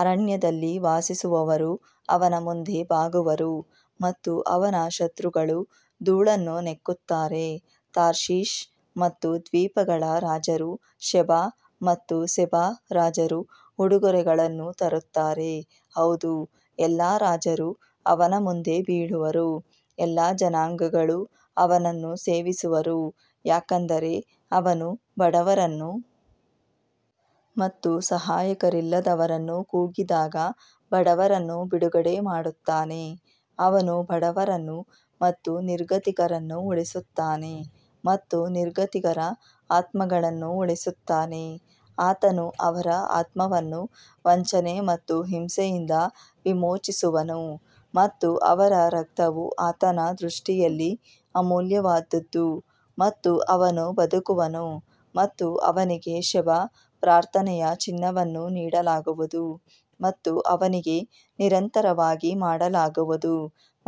ಅರಣ್ಯದಲ್ಲಿ ವಾಸಿಸುವವರು ಅವನ ಮುಂದೆ ಬಾಗುವರು ಮತ್ತು ಅವನ ಶತ್ರುಗಳು ಧೂಳನ್ನು ನೆಕ್ಕುತ್ತಾರೆ ತಾರ್ಷೀಷ್ ಮತ್ತು ದ್ವೀಪಗಳ ರಾಜರು ಶೆಬಾ ಮತ್ತು ಸೇಬ ರಾಜರು ಉಡುಗೊರೆಗಳನ್ನು ತರುತ್ತಾರೆ. ಹೌದು, ಎಲ್ಲಾ ರಾಜರು ಅವನ ಮುಂದೆ ಬೀಳುವರು, ಎಲ್ಲಾ ಜನಾಂಗಗಳು ಅವನನ್ನು ಸೇವಿಸುವರು ಯಾಕಂದರೆ ಅವನು ಬಡವರನ್ನು ಮತ್ತು ಸಹಾಯಕರಿಲ್ಲದವರನ್ನು ಕೂಗಿದಾಗ ಬಡವರನ್ನು ಬಿಡುಗಡೆ ಮಾಡುತ್ತಾನೆ ಅವನು ಬಡವರನ್ನು ಮತ್ತು ನಿರ್ಗತಿಕರನ್ನು ಉಳಿಸುತ್ತಾನೆ ಮತ್ತು ನಿರ್ಗತಿಕರ ಆತ್ಮಗಳನ್ನು ಉಳಿಸುತ್ತಾನೆ ಆತನು ಅವರ ಆತ್ಮವನ್ನು ವಂಚನೆ ಮತ್ತು ಹಿಂಸೆಯಿಂದ ವಿಮೋಚಿಸುವನು ಮತ್ತು ಅವರ ರಕ್ತವು ಆತನ ದೃಷ್ಟಿಯಲ್ಲಿ ಅಮೂಲ್ಯವಾದುದು ಮತ್ತು ಅವನು ಬದುಕುವನು ಮತ್ತು ಅವನಿಗೆ ಶೆಬಾ ಪ್ರಾರ್ಥನೆಯ ಚಿನ್ನವನ್ನು ನೀಡಲಾಗುವುದು ಮತ್ತು ಅವನಿಗೆ ನಿರಂತರವಾಗಿ ಮಾಡಲಾಗುವುದು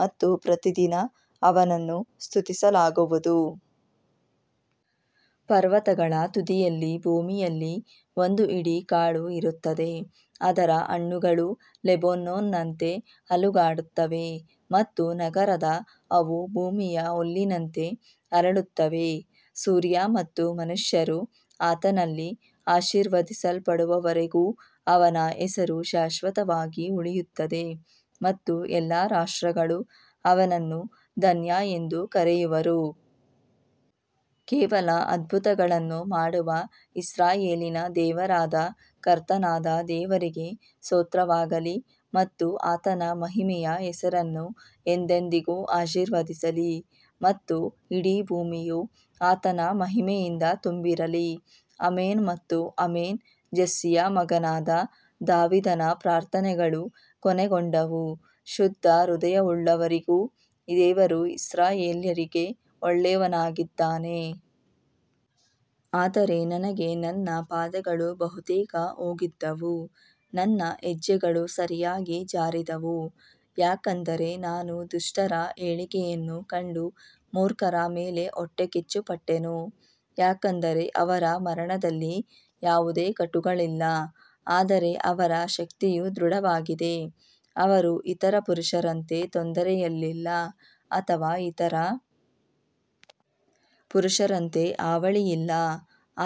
ಮತ್ತು ಪ್ರತಿದಿನ ಅವನನ್ನು ಸ್ತುತಿಸಲಾಗುವುದು. ಪರ್ವತಗಳ ತುದಿಯಲ್ಲಿ ಭೂಮಿಯಲ್ಲಿ ಒಂದು ಹಿಡಿ ಕಾಳು ಇರುತ್ತದೆ, ಅದರ ಹಣ್ಣುಗಳು ಲೆಬನೋನ್ನಂತೆ ಅಲುಗಾಡುತ್ತವೆ ಮತ್ತು ನಗರದ ಅವು ಭೂಮಿಯ ಹುಲ್ಲಿನಂತೆ ಅರಳುತ್ತವೆ. ಸೂರ್ಯ ಮತ್ತು ಮನುಷ್ಯರು ಆತನಲ್ಲಿ ಆಶೀರ್ವದಿಸಲ್ಪಡುವವರೆಗೂ ಅವನ ಹೆಸರು ಶಾಶ್ವತವಾಗಿ ಉಳಿಯುತ್ತದೆ ಮತ್ತು ಎಲ್ಲಾ ರಾಷ್ಟ್ರಗಳು ಅವನನ್ನು ಧನ್ಯ ಎಂದು ಕರೆಯುವರು ಕೇವಲ ಅದ್ಭುತಗಳನ್ನು ಮಾಡುವ ಇಸ್ರಾಯೇಲಿನ ದೇವರಾದ ಕರ್ತನಾದ ದೇವರಿಗೆ ಸ್ತೋತ್ರವಾಗಲಿ ಮತ್ತು ಆತನ ಮಹಿಮೆಯ ಹೆಸರನ್ನು ಎಂದೆಂದಿಗೂ ಆಶೀರ್ವದಿಸಲಿ ಮತ್ತು ಇಡೀ ಭೂಮಿಯು ಆತನ ಮಹಿಮೆಯಿಂದ ತುಂಬಿರಲಿ ಆಮೆನ್ ಮತ್ತು ಆಮೆನ್ ಜೆಸ್ಸೆಯ ಮಗನಾದ ದಾವೀದನ ಪ್ರಾರ್ಥನೆಗಳು ಕೊನೆಗೊಂಡವು ಶುದ್ಧ ಹೃದಯವುಳ್ಳವರಿಗೂ ದೇವರು ಇಸ್ರಾಯೇಲ್ಯರಿಗೆ ಒಳ್ಳೆಯವನಾಗಿದ್ದಾನೆ ಆದರೆ ನನಗೆ ನನ್ನ ಪಾದಗಳು ಬಹುತೇಕ ಹೋಗಿದ್ದವು, ನನ್ನ ಹೆಜ್ಜೆಗಳು ಸರಿಯಾಗಿ ಜಾರಿದವು ಯಾಕಂದರೆ ನಾನು ದುಷ್ಟರ ಏಳಿಗೆಯನ್ನು ಕಂಡು ಮೂರ್ಖರ ಮೇಲೆ ಹೊಟ್ಟೆಕಿಚ್ಚುಪಟ್ಟೆನು ಯಾಕಂದರೆ ಅವರ ಮರಣದಲ್ಲಿ ಯಾವುದೇ ಕಟ್ಟುಗಳಿಲ್ಲ ಆದರೆ ಅವರ ಶಕ್ತಿಯು ದೃಢವಾಗಿದೆ ಅವರು ಇತರ ಪುರುಷರಂತೆ ತೊಂದರೆಯಲ್ಲಿಲ್ಲ ಅಥವಾ ಇತರ ಪುರುಷರಂತೆ ಹಾವಳಿಯಿಲ್ಲ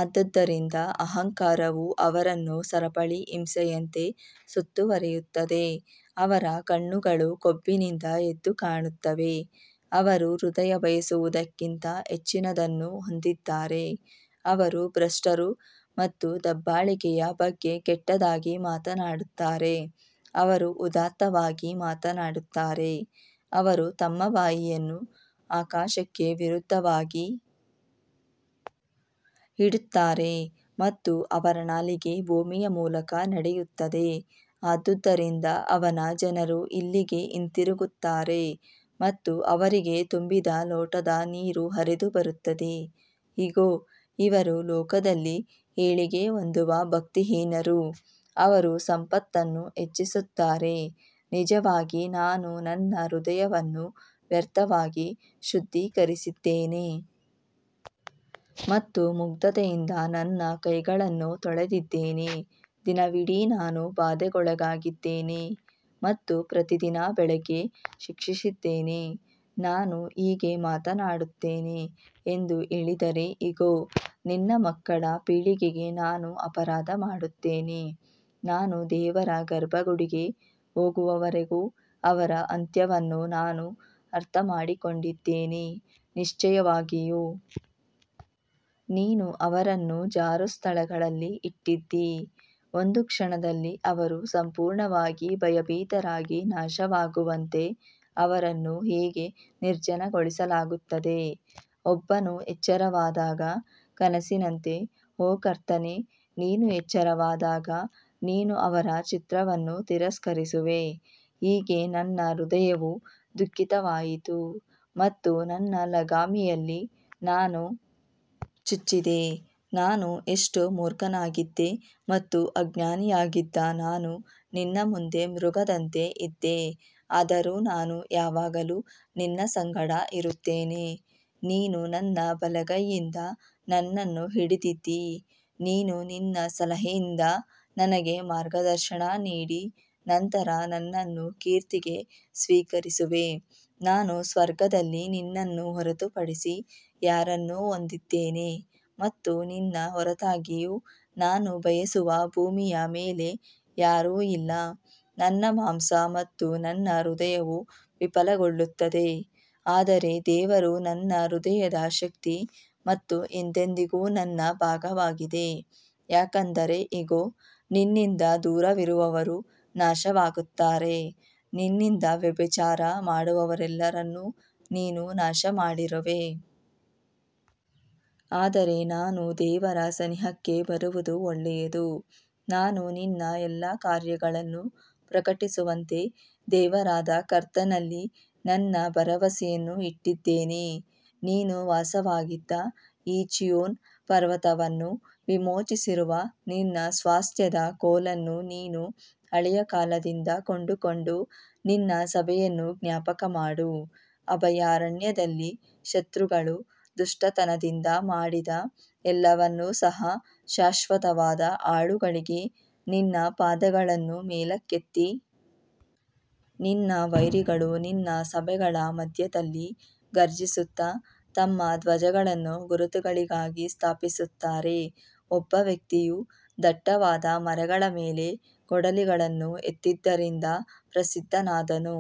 ಆದದರಿಂದ ಅಹಂಕಾರವು ಅವರನ್ನು ಸರಪಳಿ ಹಿಂಸೆಯಂತೆ ಸುತ್ತುವರಿಯುತ್ತದೆ ಅವರ ಕಣ್ಣುಗಳು ಕೊಬ್ಬಿನಿಂದ ಎದ್ದು ಕಾಣುತ್ತವೆ, ಅವರು ಹೃದಯ ಬಯಸುವುದಕ್ಕಿಂತ ಹೆಚ್ಚಿನದನ್ನು ಹೊಂದಿದ್ದಾರೆ ಅವರು ಭ್ರಷ್ಟರು ಮತ್ತು ದಬ್ಬಾಳಿಕೆಯ ಬಗ್ಗೆ ಕೆಟ್ಟದಾಗಿ ಮಾತನಾಡುತ್ತಾರೆ ಅವರು ಉದಾತ್ತವಾಗಿ ಮಾತನಾಡುತ್ತಾರೆ ಅವರು ತಮ್ಮ ಬಾಯಿಯನ್ನು ಆಕಾಶಕ್ಕೆ ವಿರುದ್ಧವಾಗಿ ಇಡುತ್ತಾರೆ ಮತ್ತು ಅವರ ನಾಲಿಗೆ ಭೂಮಿಯ ಮೂಲಕ ನಡೆಯುತ್ತದೆ ಆದುದರಿಂದ ಅವನ ಜನರು ಇಲ್ಲಿಗೆ ಹಿಂತಿರುಗುತ್ತಾರೆ ಮತ್ತು ಅವರಿಗೆ ತುಂಬಿದ ಲೋಟದ ನೀರು ಹರಿದುಬರುತ್ತದೆ ಇಗೋ ಇವರು ಲೋಕದಲ್ಲಿ ಏಳಿಗೆ ಹೊಂದುವ ಭಕ್ತಿಹೀನರು ಅವರು ಸಂಪತ್ತನ್ನು ಹೆಚ್ಚಿಸುತ್ತಾರೆ ನಿಜವಾಗಿ ನಾನು ನನ್ನ ಹೃದಯವನ್ನು ವ್ಯರ್ಥವಾಗಿ ಶುದ್ಧೀಕರಿಸಿದ್ದೇನೆ ಮತ್ತು ಮುಗ್ಧತೆಯಿಂದ ನನ್ನ ಕೈಗಳನ್ನು ತೊಳೆದಿದ್ದೇನೆ ದಿನವಿಡೀ ನಾನು ಬಾಧೆಗೊಳಗಾಗಿದ್ದೇನೆ ಮತ್ತು ಪ್ರತಿದಿನ ಬೆಳಿಗ್ಗೆ ಶಿಕ್ಷಿಸಿದ್ದೇನೆ ನಾನು ಹೀಗೆ ಮಾತನಾಡುತ್ತೇನೆ ಎಂದು ಹೇಳಿದರೆ ಇಗೋ, ನಿನ್ನ ಮಕ್ಕಳ ಪೀಳಿಗೆಗೆ ನಾನು ಅಪರಾಧ ಮಾಡುತ್ತೇನೆ ನಾನು ದೇವರ ಗರ್ಭಗುಡಿಗೆ ಹೋಗುವವರೆಗೂ ಅವರ ಅಂತ್ಯವನ್ನು ನಾನು ಅರ್ಥಮಾಡಿಕೊಂಡಿದ್ದೇನೆ ನಿಶ್ಚಯವಾಗಿಯೂ ನೀನು ಅವರನ್ನು ಜಾರು ಸ್ಥಳಗಳಲ್ಲಿ ಇಟ್ಟಿದ್ದೀ ಒಂದು ಕ್ಷಣದಲ್ಲಿ ಅವರು ಸಂಪೂರ್ಣವಾಗಿ ಭಯಭೀತರಾಗಿ ನಾಶವಾಗುವಂತೆ ಅವರನ್ನು ಹೇಗೆ ನಿರ್ಜನಗೊಳಿಸಲಾಗುತ್ತದೆ ಒಬ್ಬನು ಎಚ್ಚರವಾದಾಗ ಕನಸಿನಂತೆ ಓ ಕರ್ತನೇ, ನೀನು ಎಚ್ಚರವಾದಾಗ ನೀನು ಅವರ ಚಿತ್ರವನ್ನು ತಿರಸ್ಕರಿಸುವೆ ಹೀಗೆ ನನ್ನ ಹೃದಯವು ದುಃಖಿತವಾಯಿತು ಮತ್ತು ನನ್ನ ಲಗಾಮಿಯಲ್ಲಿ ನಾನು ಚುಚ್ಚಿದೆ ನಾನು ಎಷ್ಟು ಮೂರ್ಖನಾಗಿದ್ದೆ ಮತ್ತು ಅಜ್ಞಾನಿಯಾಗಿದ್ದ ನಾನು ನಿನ್ನ ಮುಂದೆ ಮೃಗದಂತೆ ಇದ್ದೆ ಆದರೂ ನಾನು ಯಾವಾಗಲೂ ನಿನ್ನ ಸಂಗಡ ಇರುತ್ತೇನೆ ನೀನು ನನ್ನ ಬಲಗೈಯಿಂದ ನನ್ನನ್ನು ಹಿಡಿದಿದ್ದೀ ನೀನು ನಿನ್ನ ಸಲಹೆಯಿಂದ ನನಗೆ ಮಾರ್ಗದರ್ಶನ ನೀಡಿ ನಂತರ ನನ್ನನ್ನು ಕೀರ್ತಿಗೆ ಸ್ವೀಕರಿಸುವೆ ನಾನು ಸ್ವರ್ಗದಲ್ಲಿ ನಿನ್ನನ್ನು ಹೊರತುಪಡಿಸಿ ಯಾರನ್ನು ಹೊಂದಿದ್ದೇನೆ ಮತ್ತು ನಿನ್ನ ಹೊರತಾಗಿ ನಾನು ಬಯಸುವ ಭೂಮಿಯ ಮೇಲೆ ಯಾರೂ ಇಲ್ಲ ನನ್ನ ಮಾಂಸ ಮತ್ತು ನನ್ನ ಹೃದಯವು ವಿಫಲಗೊಳ್ಳುತ್ತದೆ ಆದರೆ ದೇವರು ನನ್ನ ಹೃದಯದ ಶಕ್ತಿ ಮತ್ತು ಎಂದೆಂದಿಗೂ ನನ್ನ ಭಾಗವಾಗಿದೆ ಯಾಕಂದರೆ ಇಗೋ, ನಿನ್ನಿಂದ ದೂರವಿರುವವರು ನಾಶವಾಗುತ್ತಾರೆ, ನಿನ್ನಿಂದ ವ್ಯಭಿಚಾರ ಮಾಡುವವರೆಲ್ಲರನ್ನು ನೀನು ನಾಶಮಾಡಿರುವೆ. ಆದರೆ ನಾನು ದೇವರ ಸನಿಹಕ್ಕೆ ಬರುವುದು ಒಳ್ಳೆಯದು, ನಾನು ನಿನ್ನ ಎಲ್ಲಾ ಕಾರ್ಯಗಳನ್ನು ಪ್ರಕಟಿಸುವಂತೆ ದೇವರಾದ ಕರ್ತನಲ್ಲಿ ನನ್ನ ಭರವಸೆಯನ್ನು ಇಟ್ಟಿದ್ದೇನೆ. ನೀನು ವಾಸವಾಗಿದ್ದ ಈ ಚೀಯೋನ್ ಪರ್ವತವನ್ನು ವಿಮೋಚಿಸಿರುವ ನಿನ್ನ ಸ್ವಾಸ್ತ್ಯದ ಕೋಲನ್ನು ನೀನು ಹಳೆಯ ಕಾಲದಿಂದ ಕೊಂಡುಕೊಂಡ ನಿನ್ನ ಸಭೆಯನ್ನು ಜ್ಞಾಪಕಮಾಡು. ಅಭಯಾರಣ್ಯದಲ್ಲಿ ಶತ್ರುಗಳು ದುಷ್ಟತನದಿಂದ ಮಾಡಿದ ಎಲ್ಲವನ್ನು ಸಹ ಶಾಶ್ವತವಾದ ಹಾಳುಗಳಿಗೆ ನಿನ್ನ ಪಾದಗಳನ್ನು ಮೇಲಕ್ಕೆತ್ತಿ. ನಿನ್ನ ವೈರಿಗಳು ನಿನ್ನ ಸಭೆಗಳ ಮಧ್ಯದಲ್ಲಿ ಘರ್ಜಿಸುತ್ತಾ ತಮ್ಮ ಧ್ವಜಗಳನ್ನು ಗುರುತುಗಳಿಗಾಗಿ ಸ್ಥಾಪಿಸುತ್ತಾರೆ ಒಬ್ಬ ವ್ಯಕ್ತಿಯು ದಟ್ಟವಾದ ಮರಗಳ ಮೇಲೆ ಕೊಡಲಿಗಳನ್ನು ಎತ್ತಿದ್ದರಿಂದ ಪ್ರಸಿದ್ಧನಾದನು.